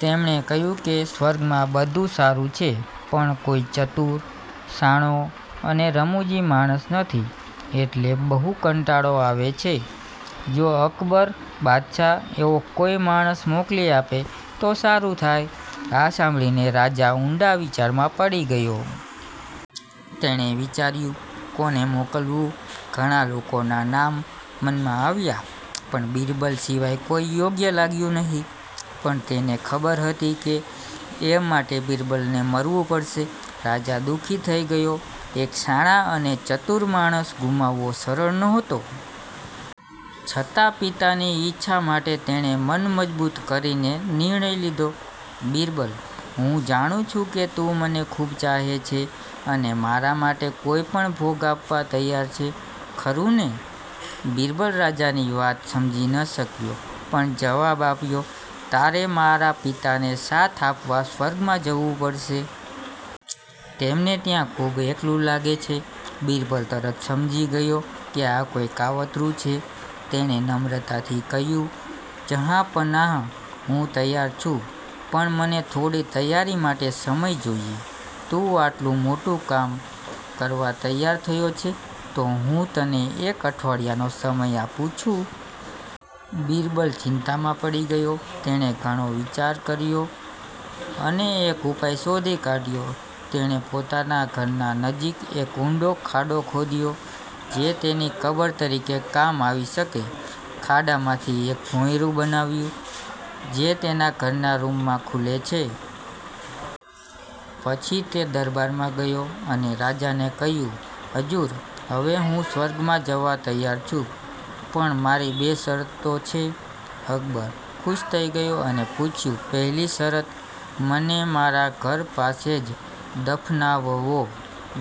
તેમણે કહ્યું કે સ્વર્ગમાં બધું સારું છે, પણ કોઈ ચતુર, શાણો અને રમુજી માણસ નથી, એટલે બહુ કંટાળો આવે છે. જો અકબર બાદશાહ એવો કોઈ માણસ મોકલી આપે તો સારું થાય. આ સાંભળીને રાજા ઊંડા વિચારમાં પડી ગયો. તેણે વિચાર્યું: કોને મોકલવું? ઘણા લોકોના નામ મનમાં આવ્યા, પણ બિરબલ સિવાય કોઈ યોગ્ય લાગ્યું નહીં. પણ તેને ખબર હતી કે એ માટે બિરબલને મરવું પડશે. રાજા દુઃખી થઈ ગયો.એક શાણા અને ચતુર માણસ ગુમાવવો સરળ નહોતો. છતાં, પિતાની ઈચ્છા માટે તેણે મન મજબૂત કરીને નિર્ણય લીધો. બિરબલ, હું જાણું છું કે તું મને ખૂબ ચાહે છે અને મારા માટે કોઈ પણ ભોગ આપવા તૈયાર છે, ખરું ને? બિરબલ રાજાની વાત સમજી ન શક્યો, પણ જવાબ આપ્યો: તારે મારા પિતાને સાથ આપવા સ્વર્ગમાં જવું પડશે. તેમને ત્યાં ખૂબ એકલું લાગે છે. બિરબલ તરત સમજી ગયો કે આ કોઈ કાવતરૂં છે. તેણે નમ્રતાથી કહ્યું: જહાંપનાહ, હું તૈયાર છું, પણ મને થોડી તૈયારી માટે સમય જોઈએ. તું આટલું મોટું કામ કરવા તૈયાર થયો છે, તો હું તને એક અઠવાડિયાનો સમય આપું છું. બિરબલ ચિંતામાં પડી ગયો. તેણે ઘણો વિચાર કર્યો અને એક ઉપાય શોધી કાઢ્યો. તેણે પોતાના ઘરના નજીક એક ઊંડો ખાડો ખોદ્યો -જે તેની કબર તરીકે કામ આવી શકે. ખાડામાંથી એક ભોંયરું બનાવ્યું જે તેના ઘરના રૂમમાં ખૂલે છે. પછી તે દરબારમાં ગયો અને રાજાને કહ્યું: હજૂર, હવે હું સ્વર્ગમાં જવા તૈયાર છું, પણ મારી બે શરતો છે. અકબર ખુશ થઈ ગયો અને પૂછ્યું: પહેલી શરત-મને મારા ઘર પાસે જ દફનાવવો.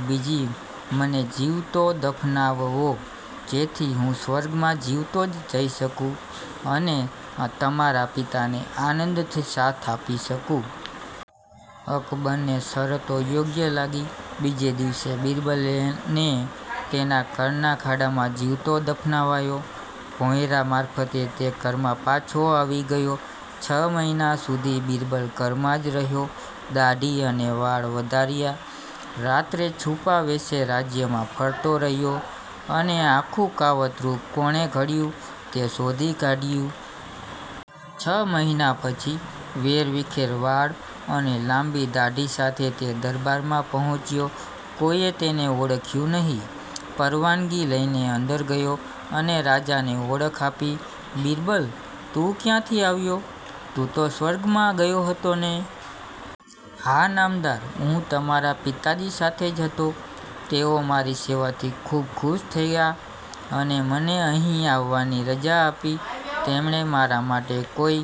બીજી મને જીવતો દફનાવવો, જેથી હું સ્વર્ગમાં જીવતો જ જઈ શકું અને તમારા પિતાને આનંદથી સાથ આપી શકું. અકબરને શરતો યોગ્ય લાગી. બીજે દિવસે બિરબલને તેના ઘરના ખાડામાં જીવતો દફનાવાયો. ભોંયરા મારફતે તે ઘરમાં પાછો આવી ગયો. છ મહિના સુધી બિરબલ ઘરમાં જ રહ્યો. દાઢી અને વાળ વધાર્યા. રાત્રે છુપા વેશે રાજ્યમાં ફરતો રહ્યો અને આખું કાવતરૂં કોણે ઘડ્યું તે શોધી કાઢ્યું. છ મહિના પછી, વેરવિખેર વાળ અને લાંબી દાઢી સાથે તે દરબારમાં પહોંચ્યો. કોઈએ તેને ઓળખ્યું નહીં. પરવાનગી લઈને અંદર ગયો અને રાજાને ઓળખ આપી. બિરબલ! તું ક્યાંથી આવ્યો? તું તો સ્વર્ગમાં ગયો હતો ને? હા, નામદાર. હું તમારા પિતાજી સાથે જ હતો. તેઓ મારી સેવાથી ખૂબ ખુશ થયા અને મને અહીં આવવાની રજા આપી. તેમણે મારા માટે કોઈ